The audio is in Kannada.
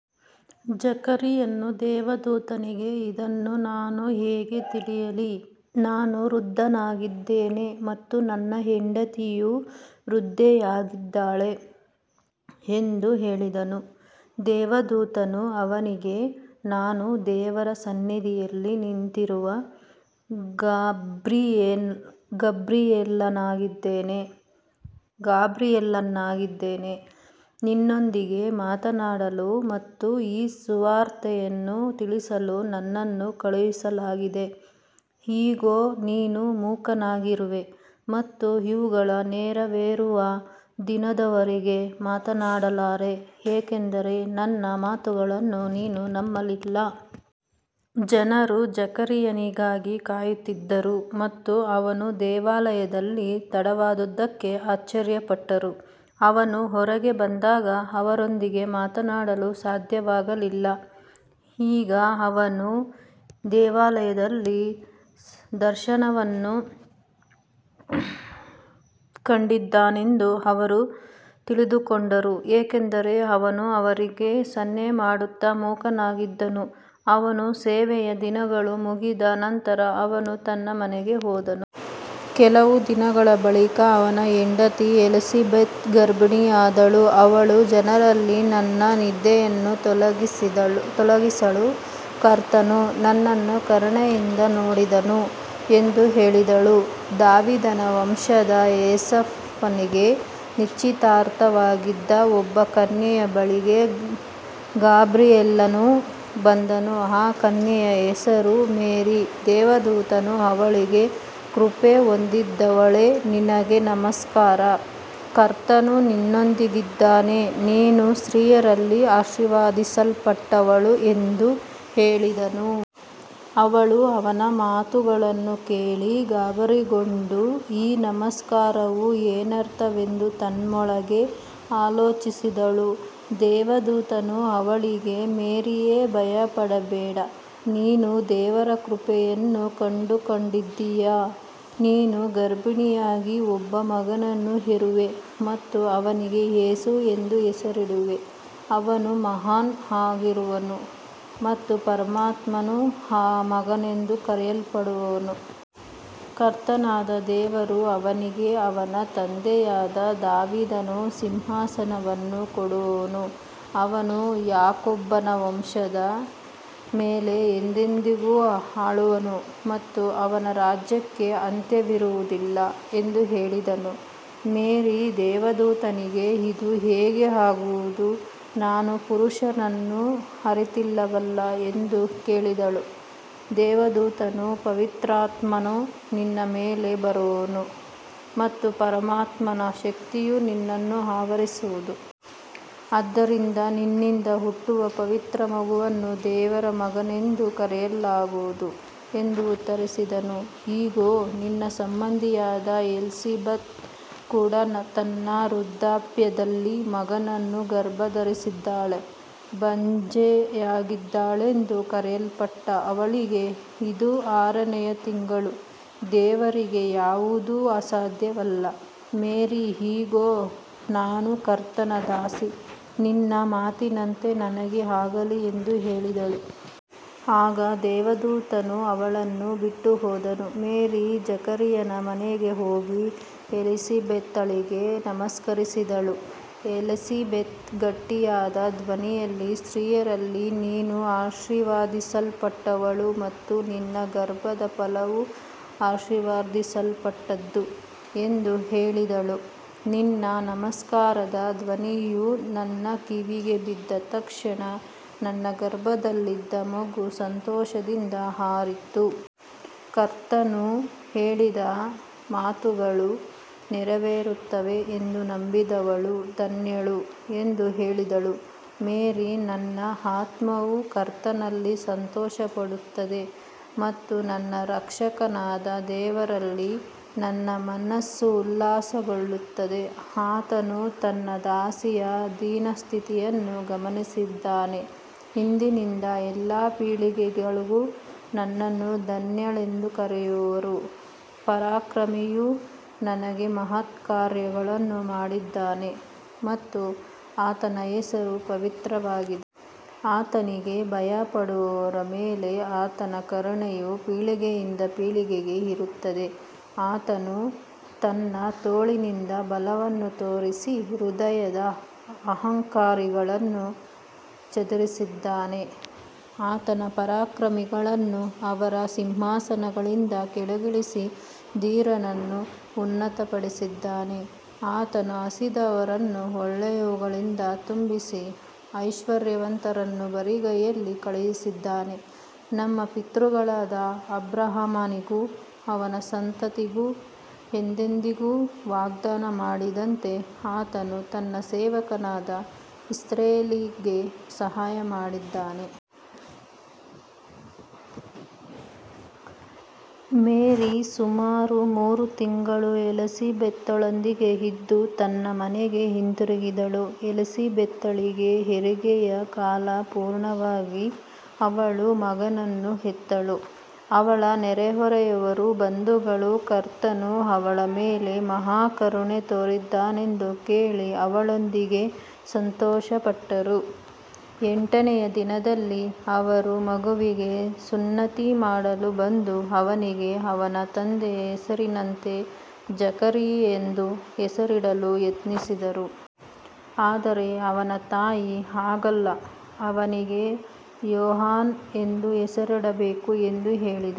ಜಕರೀಯನು ದೇವದೂತನಿಗೆ, ಇದನ್ನು ನಾನು ಹೇಗೆ ತಿಳಿಯಲಿ, ನಾನು ವೃದ್ಧನಾಗಿದ್ದೇನೆ ಮತ್ತು ನನ್ನ ಹೆಂಡತಿಯೂ ವೃದ್ಧೆಯಾಗಿದ್ದಾಳೆ ಎಂದು ಹೇಳಿದನು. ದೇವದೂತನು ಅವನಿಗೆ, ನಾನು ದೇವರ ಸನ್ನಿಧಿಯಲ್ಲಿ ನಿಂತಿರುವ ಗಬ್ರಿಯೇಲನಾಗಿದ್ದೇನೆ. ನಿನ್ನೊಂದಿಗೆ ಮಾತನಾಡಲು ಮತ್ತು ಈ ಸುವಾರ್ತೆಯನ್ನು ತಿಳಿಸಲು ನನ್ನನ್ನು ಕಳುಹಿಸಲಾಗಿದೆ. ಇಗೋ, ನೀನು ಮೂಕನಾಗಿರುವೆ ಮತ್ತು ಇವುಗಳು ನೆರವೇರುವ ದಿನದವರೆಗೆ ಮಾತನಾಡಲಾರೆ, ಏಕೆಂದರೆ ನನ್ನ ಮಾತುಗಳನ್ನು ನೀನು ನಂಬಲಿಲ್ಲ. ಜನರು ಜಕರೀಯನಿಗಾಗಿ ಕಾಯುತ್ತಿದ್ದರು ಮತ್ತು ಅವನು ದೇವಾಲಯದಲ್ಲಿ ತಡವಾದುದಕ್ಕೆ ಆಶ್ಚರ್ಯಪಟ್ಟರು. ಅವನು ಹೊರಗೆ ಬಂದಾಗ ಅವರೊಂದಿಗೆ ಮಾತನಾಡಲು ಸಾಧ್ಯವಾಗಲಿಲ್ಲ. ಆಗ ಅವನು ದೇವಾಲಯದಲ್ಲಿ ದರ್ಶನವನ್ನು ಕಂಡಿದ್ದಾನೆಂದು ಅವರು ತಿಳಿದುಕೊಂಡರು, ಏಕೆಂದರೆ ಅವನು ಅವರಿಗೆ ಸನ್ನೆಮಾಡುತ್ತಾ ಮೂಕನಾಗಿದ್ದನು. ಅವನ ಸೇವೆಯ ದಿನಗಳು ಮುಗಿದ ನಂತರ ಅವನು ತನ್ನ ಮನೆಗೆ ಹೋದನು. ಕೆಲವು ದಿನಗಳ ಬಳಿಕ ಅವನ ಹೆಂಡತಿ ಎಲಿಸಬೆತ್ ಗರ್ಭಿಣಿಯಾದಳು. ಅವಳು, ಜನರಲ್ಲಿ ನನ್ನ ನಿಂದೆಯನ್ನು ತೊಲಗಿಸಲು ಕರ್ತನು ನನ್ನನ್ನು ಕರುಣೆಯಿಂದ ನೋಡಿದನು ಎಂದು ಹೇಳಿದಳು. ದಾವೀದನ ವಂಶದ ಯೋಸೇಫನಿಗೆ ನಿಶ್ಚಿತಾರ್ಥವಾಗಿದ್ದ ಒಬ್ಬ ಕನ್ಯೆಯ ಬಳಿಗೆ ಗಬ್ರಿಯೇಲನು ಬಂದನು. ಆ ಕನ್ಯೆಯ ಹೆಸರು ಮೇರಿ. ದೇವದೂತನು ಅವಳಿಗೆ, ಕೃಪೆ ಹೊಂದಿದವಳೇ, ನಿನಗೆ ನಮಸ್ಕಾರ, ಕರ್ತನು ನಿನ್ನೊಂದಿಗಿದ್ದಾನೆ, ನೀನು ಸ್ತ್ರೀಯರಲ್ಲಿ ಆಶೀರ್ವದಿಸಲ್ಪಟ್ಟವಳು ಎಂದು ಹೇಳಿದನು. ಅವಳು ಅವನ ಮಾತುಗಳನ್ನು ಕೇಳಿ ಗಾಬರಿಗೊಂಡು, ಈ ನಮಸ್ಕಾರವು ಏನರ್ಥವೆಂದು ತನ್ನೊಳಗೆ ಆಲೋಚಿಸಿದಳು. ದೇವದೂತನು ಅವಳಿಗೆ, ಮೇರಿಯೇ, ಭಯಪಡಬೇಡ, ನೀನು ದೇವರ ಕೃಪೆಯನ್ನು ಕಂಡುಕೊಂಡಿದ್ದೀಯೆ. ನೀನು ಗರ್ಭಿಣಿಯಾಗಿ ಒಬ್ಬ ಮಗನನ್ನು ಹೆರುವೆ ಮತ್ತು ಅವನಿಗೆ ಯೇಸು ಎಂದು ಹೆಸರಿಡುವೆ. ಅವನು ಮಹಾನ್ ಆಗಿರುವನು ಮತ್ತು ಪರಮಾತ್ಮನ ಮಗನೆಂದು ಕರೆಯಲ್ಪಡುವನು. ಕರ್ತನಾದ ದೇವರು ಅವನಿಗೆ ಅವನ ತಂದೆಯಾದ ದಾವೀದನ ಸಿಂಹಾಸನವನ್ನು ಕೊಡುವನು. ಅವನು ಯಾಕೋಬನ ವಂಶದ ಮೇಲೆ ಎಂದೆಂದಿಗೂ ಆಳುವನು ಮತ್ತು ಅವನ ರಾಜ್ಯಕ್ಕೆ ಅಂತ್ಯವಿರುವುದಿಲ್ಲ ಎಂದು ಹೇಳಿದನು. ಮೇರಿ ದೇವದೂತನಿಗೆ, ಇದು ಹೇಗೆ ಆಗುವುದು, ನಾನು ಪುರುಷನನ್ನು ಅರಿತಿಲ್ಲವಲ್ಲ ಎಂದು ಕೇಳಿದಳು. ದೇವದೂತನು, ಪವಿತ್ರಾತ್ಮನು ನಿನ್ನ ಮೇಲೆ ಬರುವನು ಮತ್ತು ಪರಮಾತ್ಮನ ಶಕ್ತಿಯು ನಿನ್ನನ್ನು ಆವರಿಸುವುದು. ಆದ್ದರಿಂದ ನಿನ್ನಿಂದ ಹುಟ್ಟುವ ಪವಿತ್ರ ಮಗುವನ್ನು ದೇವರ ಮಗನೆಂದು ಕರೆಯಲಾಗುವುದು ಎಂದು ಉತ್ತರಿಸಿದನು. ಇಗೋ, ನಿನ್ನ ಸಂಬಂಧಿಯಾದ ಎಲಿಸಬೆತ್ ಕೂಡ ತನ್ನ ವೃದ್ಧಾಪ್ಯದಲ್ಲಿ ಮಗನನ್ನು ಗರ್ಭಧರಿಸಿದ್ದಾಳೆ. ಬಂಜೆಯಾಗಿದ್ದಾಳೆಂದು ಕರೆಯಲ್ಪಟ್ಟ ಅವಳಿಗೆ ಇದು ಆರನೆಯ ತಿಂಗಳು. ದೇವರಿಗೆ ಯಾವುದೂ ಅಸಾಧ್ಯವಲ್ಲ. ಮೇರಿ, ಇಗೋ, ನಾನು ಕರ್ತನ ದಾಸಿ, ನಿನ್ನ ಮಾತಿನಂತೆ ನನಗೆ ಆಗಲಿ ಎಂದು ಹೇಳಿದಳು. ಆಗ ದೇವದೂತನು ಅವಳನ್ನು ಬಿಟ್ಟುಹೋದನು. ಮೇರಿ ಜಕರೀಯನ ಮನೆಗೆ ಹೋಗಿ ಎಲಿಸಬೆತಳಿಗೆ ನಮಸ್ಕರಿಸಿದಳು. ಎಲಿಸಬೆತ್ ಗಟ್ಟಿಯಾದ ಧ್ವನಿಯಲ್ಲಿ, ಸ್ತ್ರೀಯರಲ್ಲಿ ನೀನು ಆಶೀರ್ವದಿಸಲ್ಪಟ್ಟವಳು ಮತ್ತು ನಿನ್ನ ಗರ್ಭದ ಫಲವೂ ಆಶೀರ್ವದಿಸಲ್ಪಟ್ಟದ್ದು ಎಂದು ಹೇಳಿದಳು. ನಿನ್ನ ನಮಸ್ಕಾರದ ಧ್ವನಿಯು ನನ್ನ ಕಿವಿಗೆ ಬಿದ್ದ ತಕ್ಷಣ, ನನ್ನ ಗರ್ಭದಲ್ಲಿದ್ದ ಮಗು ಸಂತೋಷದಿಂದ ಹಾರಿತು. ಕರ್ತನು ಹೇಳಿದ ಮಾತುಗಳು ನೆರವೇರುತ್ತವೆ ಎಂದು ನಂಬಿದವಳು ಧನ್ಯಳು ಎಂದು ಹೇಳಿದಳು. ಮೇರಿ, ನನ್ನ ಆತ್ಮವು ಕರ್ತನಲ್ಲಿ ಸಂತೋಷಪಡುತ್ತದೆ ಮತ್ತು ನನ್ನ ರಕ್ಷಕನಾದ ದೇವರಲ್ಲಿ ನನ್ನ ಮನಸ್ಸು ಉಲ್ಲಾಸಗೊಳ್ಳುತ್ತದೆ. ಆತನು ತನ್ನ ದಾಸಿಯ ದೀನಸ್ಥಿತಿಯನ್ನು ಗಮನಿಸಿದ್ದಾನೆ. ಇಂದಿನಿಂದ ಎಲ್ಲಾ ಪೀಳಿಗೆಗಳು ನನ್ನನ್ನು ಧನ್ಯಳೆಂದು ಕರೆಯುವರು. ಪರಾಕ್ರಮಿಯು ನನಗೆ ಮಹತ್ಕಾರ್ಯಗಳನ್ನು ಮಾಡಿದ್ದಾನೆ ಮತ್ತು ಆತನ ಹೆಸರು ಪವಿತ್ರವಾಗಿದೆ. ಆತನಿಗೆ ಭಯಪಡುವವರ ಮೇಲೆ ಆತನ ಕರುಣೆಯು ಪೀಳಿಗೆಯಿಂದ ಪೀಳಿಗೆಗೆ ಇರುತ್ತದೆ. ಆತನು ತನ್ನ ತೋಳಿನಿಂದ ಬಲವನ್ನು ತೋರಿಸಿ, ಹೃದಯದ ಅಹಂಕಾರಿಗಳನ್ನು ಚದುರಿಸಿದ್ದಾನೆ. ಆತನು ಪರಾಕ್ರಮಿಗಳನ್ನು ಅವರ ಸಿಂಹಾಸನಗಳಿಂದ ಕೆಳಗಿಳಿಸಿ, ದೀನರನ್ನು ಉನ್ನತಪಡಿಸಿದ್ದಾನೆ. ಆತನು ಹಸಿದವರನ್ನು ಒಳ್ಳೆಯವುಗಳಿಂದ ತುಂಬಿಸಿ, ಐಶ್ವರ್ಯವಂತರನ್ನು ಬರಿಗೈಯಲ್ಲಿ ಕಳುಹಿಸಿದ್ದಾನೆ. ನಮ್ಮ ಪಿತೃಗಳಾದ ಅಬ್ರಹಾಮನಿಗೂ ಅವನ ಸಂತತಿಗೂ ಎಂದೆಂದಿಗೂ ವಾಗ್ದಾನ ಮಾಡಿದಂತೆ, ಆತನು ತನ್ನ ಸೇವಕನಾದ ಇಸ್ರಾಯೇಲಿಗೆ ಸಹಾಯಮಾಡಿದ್ದಾನೆ. ಮೇರಿ ಸುಮಾರು ಮೂರು ತಿಂಗಳು ಎಲಿಸಬೆತಳೊಂದಿಗೆ ಇದ್ದು ತನ್ನ ಮನೆಗೆ ಹಿಂದಿರುಗಿದಳು. ಎಲಿಸಬೆತಳಿಗೆ ಹೆರಿಗೆಯ ಕಾಲ ಪೂರ್ಣವಾಗಿ ಅವಳು ಮಗನನ್ನು ಹೆತ್ತಳು. ಅವಳ ನೆರೆಹೊರೆಯವರೂ ಬಂಧುಗಳೂ ಕರ್ತನು ಅವಳ ಮೇಲೆ ಮಹಾ ಕರುಣೆ ತೋರಿದ್ದಾನೆಂದು ಕೇಳಿ ಅವಳೊಂದಿಗೆ ಸಂತೋಷಪಟ್ಟರು. ಎಂಟನೆಯ ದಿನದಲ್ಲಿ ಅವರು ಮಗುವಿಗೆ ಸುನ್ನತಿ ಮಾಡಲು ಬಂದು, ಅವನಿಗೆ ಅವನ ತಂದೆಯ ಹೆಸರಿನಂತೆ ಜಕರೀಯ ಎಂದು ಹೆಸರಿಡಲು ಯತ್ನಿಸಿದರು. ಆದರೆ ಅವನ ತಾಯಿ, ಹಾಗಲ್ಲ, ಅವನಿಗೆ ಯೋಹಾನ ಎಂದು ಹೆಸರಿಡಬೇಕು ಎಂದು ಹೇಳಿದಳು.